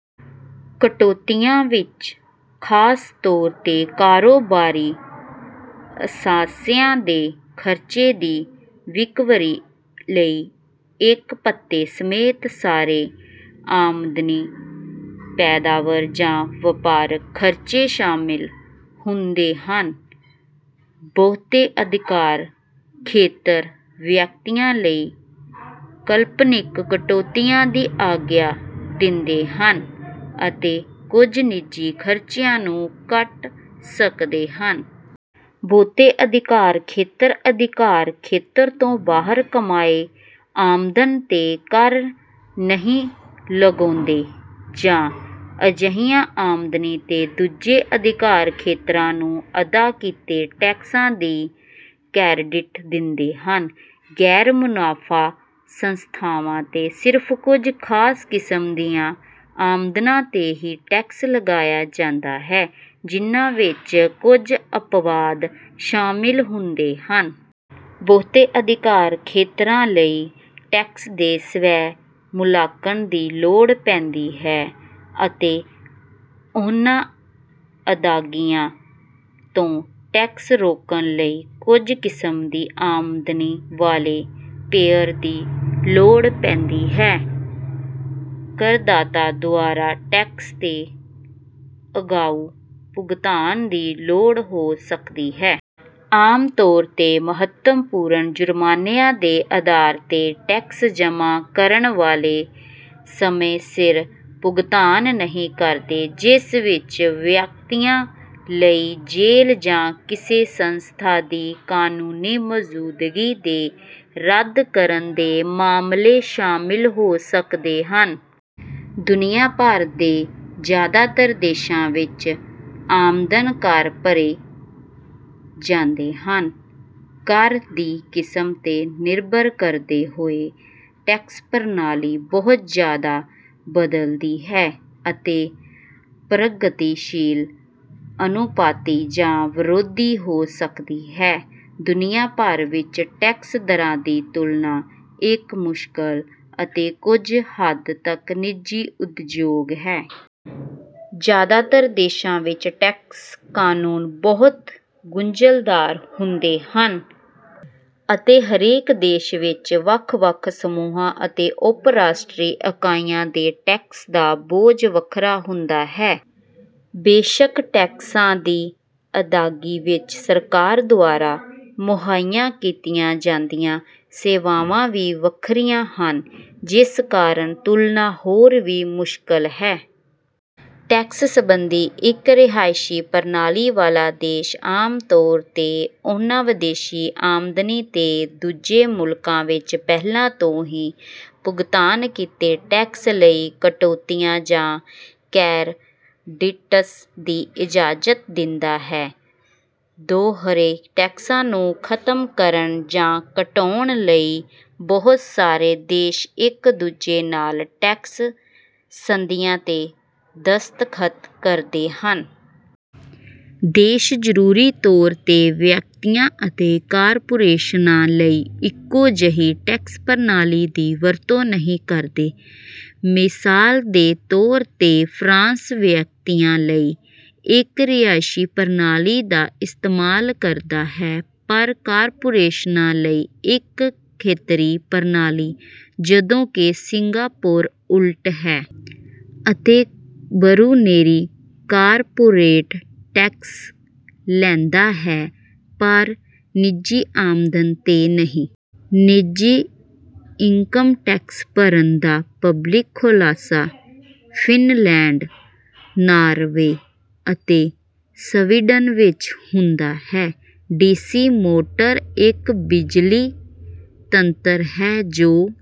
ਕਟੌਤੀਆਂ ਵਿੱਚ ਖਾਸ ਤੌਰ ਤੇ ਕਾਰੋਬਾਰੀ ਅਸਾਸਿਆਂ ਦੇ ਖਰਚੇ ਦੀ ਰਿਕਵਰੀ ਲਈ ਇੱਕ ਭੱਤੇ ਸਮੇਤ ਸਾਰੇ ਆਮਦਨੀ ਪੈਦਾਵਾਰ ਜਾਂ ਵਪਾਰਕ ਖਰਚੇ ਸ਼ਾਮਲ ਹੁੰਦੇ ਹਨ। ਬਹੁਤੇ ਅਧਿਕਾਰ ਖੇਤਰ ਵਿਅਕਤੀਆਂ ਲਈ ਕਾਲਪਨਿਕ ਕਟੌਤੀਆਂ ਦੀ ਆਗਿਆ ਦਿੰਦੇ ਹਨ, ਅਤੇ ਕੁਝ ਨਿੱਜੀ ਖਰਚਿਆਂ ਨੂੰ ਕੱਟ ਸਕਦੇ ਹਨ। ਬਹੁਤੇ ਅਧਿਕਾਰ ਖੇਤਰ ਅਧਿਕਾਰ ਖੇਤਰ ਤੋਂ ਬਾਹਰ ਕਮਾਏ ਆਮਦਨ ਤੇ ਕਰ ਨਹੀਂ ਲਗਾਉਂਦੇ ਜਾਂ ਅਜਿਹੀਆਂ ਆਮਦਨੀ ਤੇ ਦੂਜੇ ਅਧਿਕਾਰ ਖੇਤਰਾਂ ਨੂੰ ਅਦਾ ਕੀਤੇ ਟੈਕਸਾਂ ਦੀ ਕ੍ਰੈਡਿਟ ਦਿੰਦੇ ਹਨ। ਗੈਰ-ਮੁਨਾਫ਼ਾ ਸੰਸਥਾਵਾਂ ਤੇ ਸਿਰਫ਼ ਕੁਝ ਖਾਸ ਕਿਸਮ ਦੀਆਂ ਆਮਦਨਾਂ ਤੇ ਹੀ ਟੈਕਸ ਲਗਾਇਆ ਜਾਂਦਾ ਹੈ, ਜਿਨ੍ਹਾਂ ਵਿੱਚ ਕੁਝ ਅਪਵਾਦ ਸ਼ਾਮਲ ਹੁੰਦੇ ਹਨ। ਬਹੁਤੇ ਅਧਿਕਾਰ ਖੇਤਰਾਂ ਲਈ ਟੈਕਸ ਦੇ ਸਵੈ-ਮੁਲਾਂਕਣ ਦੀ ਲੋੜ ਪੈਂਦੀ ਹੈ ਅਤੇ ਉਹਨਾਂ ਅਦਾਇਗੀਆਂ ਤੋਂ ਟੈਕਸ ਰੋਕਣ ਲਈ ਕੁਝ ਕਿਸਮ ਦੀ ਆਮਦਨੀ ਵਾਲੇ ਪੇਅਰ ਦੀ ਲੋੜ ਹੁੰਦੀ ਹੈ। ਕਰਦਾਤਾ ਦੁਆਰਾ ਟੈਕਸ ਦੇ ਅਗਾਊਂ ਭੁਗਤਾਨ ਦੀ ਲੋੜ ਹੋ ਸਕਦੀ ਹੈ। ਆਮ ਤੌਰ 'ਤੇ ਮਹੱਤਵਪੂਰਨ ਜ਼ੁਰਮਾਨਿਆਂ ਦੇ ਅਧਾਰ ਤੇ ਟੈਕਸ ਜਮ੍ਹਾ ਕਰਨ ਵਾਲੇ ਸਮੇਂ ਸਿਰ ਭੁਗਤਾਨ ਨਹੀਂ ਕਰਦੇ, ਜਿਸ ਵਿੱਚ ਵਿਅਕਤੀਆਂ ਲਈ ਜੇਲ੍ਹ ਜਾਂ ਕਿਸੇ ਸੰਸਥਾ ਦੀ ਕਾਨੂੰਨੀ ਮੌਜੂਦਗੀ ਦੇ ਰੱਦ ਕਰਨ ਦੇ ਮਾਮਲੇ ਸ਼ਾਮਲ ਹੋ ਸਕਦੇ ਹਨ। ਦੁਨੀਆਭਰ ਦੇ ਜ਼ਿਆਦਾਤਰ ਦੇਸ਼ਾਂ ਵਿੱਚ ਆਮਦਨ ਕਰ ਭਰੇ ਜਾਂਦੇ ਹਨ। ਕਰ ਦੀ ਕਿਸਮ ਤੇ ਨਿਰਭਰ ਕਰਦੇ ਹੋਏ, ਟੈਕਸ ਪ੍ਰਣਾਲੀ ਬਹੁਤ ਜ਼ਿਆਦਾ ਬਦਲਦੀ ਹੈ ਅਤੇ ਪ੍ਰਗਤੀਸ਼ੀਲ, ਅਨੁਪਾਤੀ, ਜਾਂ ਵਿਰੋਧੀ ਹੋ ਸਕਦੀ ਹੈ। ਦੁਨੀਆਭਰ ਵਿੱਚ ਟੈਕਸ ਦਰਾਂ ਦੀ ਤੁਲਨਾ ਇੱਕ ਮੁਸ਼ਕਲ ਅਤੇ ਕੁਝ ਹੱਦ ਤੱਕ ਨਿੱਜੀ ਉਦਯੋਗ ਹੈ। ਜ਼ਿਆਦਾਤਰ ਦੇਸ਼ਾਂ ਵਿੱਚ ਟੈਕਸ ਕਾਨੂੰਨ ਬਹੁਤ ਗੁੰਝਲਦਾਰ ਹੁੰਦੇ ਹਨ, ਅਤੇ ਹਰੇਕ ਦੇਸ਼ ਵਿੱਚ ਵੱਖ-ਵੱਖ ਸਮੂਹਾਂ ਅਤੇ ਉੱਪ-ਰਾਸ਼ਟਰੀ ਇਕਾਈ ਤੇ ਟੈਕਸ ਦਾ ਬੋਝ ਵੱਖਰਾ ਹੁੰਦਾ ਹੈ। ਬੇਸ਼ੱਕ, ਟੈਕਸਾਂ ਦੀ ਅਦਾਇਗੀ ਵਿੱਚ ਸਰਕਾਰਾਂ ਦੁਆਰਾ ਮੁਹੱਈਆ ਕੀਤੀਆਂ ਜਾਂਦੀਆਂ ਸੇਵਾਵਾਂ ਵੀ ਵੱਖਰੀਆਂ ਹਨ, ਜਿਸ ਕਾਰਨ ਤੁਲਨਾ ਹੋਰ ਵੀ ਮੁਸ਼ਕਿਲ ਹੈ। ਟੈਕਸ ਸਬੰਧੀ ਇੱਕ ਰਿਹਾਇਸ਼ੀ ਪ੍ਰਣਾਲੀ ਵਾਲਾ ਦੇਸ਼ ਆਮ ਤੌਰ 'ਤੇ ਉਨ੍ਹਾਂ ਵਿਦੇਸ਼ੀ ਆਮਦਨੀ ਤੇ ਦੂਜੇ ਮੁਲਕਾਂ ਵਿੱਚ ਪਹਿਲਾਂ ਤੋਂ ਹੀ ਭੁਗਤਾਨ ਕੀਤੇ ਟੈਕਸ ਲਈ ਕਟੌਤੀਆਂ ਜਾਂ ਕ੍ਰੈਡਿਟਸ ਦੀ ਇਜਾਜ਼ਤ ਦਿੰਦਾ ਹੈ। ਦੋਹਰੇ ਟੈਕਸਾਂ ਨੂੰ ਖਤਮ ਕਰਨ ਜਾਂ ਘਟਾਉਣ ਲਈ ਬਹੁਤ ਸਾਰੇ ਦੇਸ਼ ਇੱਕ ਦੂਜੇ ਨਾਲ ਟੈਕਸ ਸੰਧੀਆਂ ਤੇ ਦਸਤਖਤ ਕਰਦੇ ਹਨ। ਦੇਸ਼ ਜ਼ਰੂਰੀ ਤੌਰ 'ਤੇ ਵਿਅਕਤੀਆਂ ਅਤੇ ਕਾਰਪੋਰੇਸ਼ਨਾਂ ਲਈ ਇੱਕੋ ਜਿਹੀ ਟੈਕਸ ਪ੍ਰਣਾਲੀ ਦੀ ਵਰਤੋਂ ਨਹੀਂ ਕਰਦੇ। ਮਿਸਾਲ ਦੇ ਤੌਰ ਤੇ, ਫਰਾਂਸ ਵਿਅਕਤੀਆਂ ਲਈ ਇੱਕ ਰਿਹਾਇਸ਼ੀ ਪ੍ਰਣਾਲੀ ਦਾ ਇਸਤੇਮਾਲ ਕਰਦਾ ਹੈ ਪਰ ਕਾਰਪੋਰੇਸ਼ਨਾਂ ਲਈ ਇੱਕ ਖੇਤਰੀ ਪ੍ਰਣਾਲੀ, ਜਦੋਂ ਕਿ ਸਿੰਗਾਪੁਰ ਉਲਟ ਹੈ, ਅਤੇ ਬਰੂਨੇਈ ਕਾਰਪੋਰੇਟ ਟੈਕਸ ਲੈਂਦਾ ਹੈ ਪਰ ਨਿੱਜੀ ਆਮਦਨ ਤੇ ਨਹੀਂ। ਨਿੱਜੀ ਇਨਕਮ ਟੈਕਸ ਭਰਨ ਦਾ ਪਬਲਿਕ ਖੁਲਾਸਾ ਫਿਨਲੈਂਡ, ਨਾਰਵੇ ਅਤੇ ਸਵੀਡਨ ਵਿੱਚ ਹੁੰਦਾ ਹੈ। ਡੀ ਸੀ ਮੋਟਰ ਇੱਕ ਬਿਜਲਈ ਯੰਤਰ ਹੈ ਜੋ...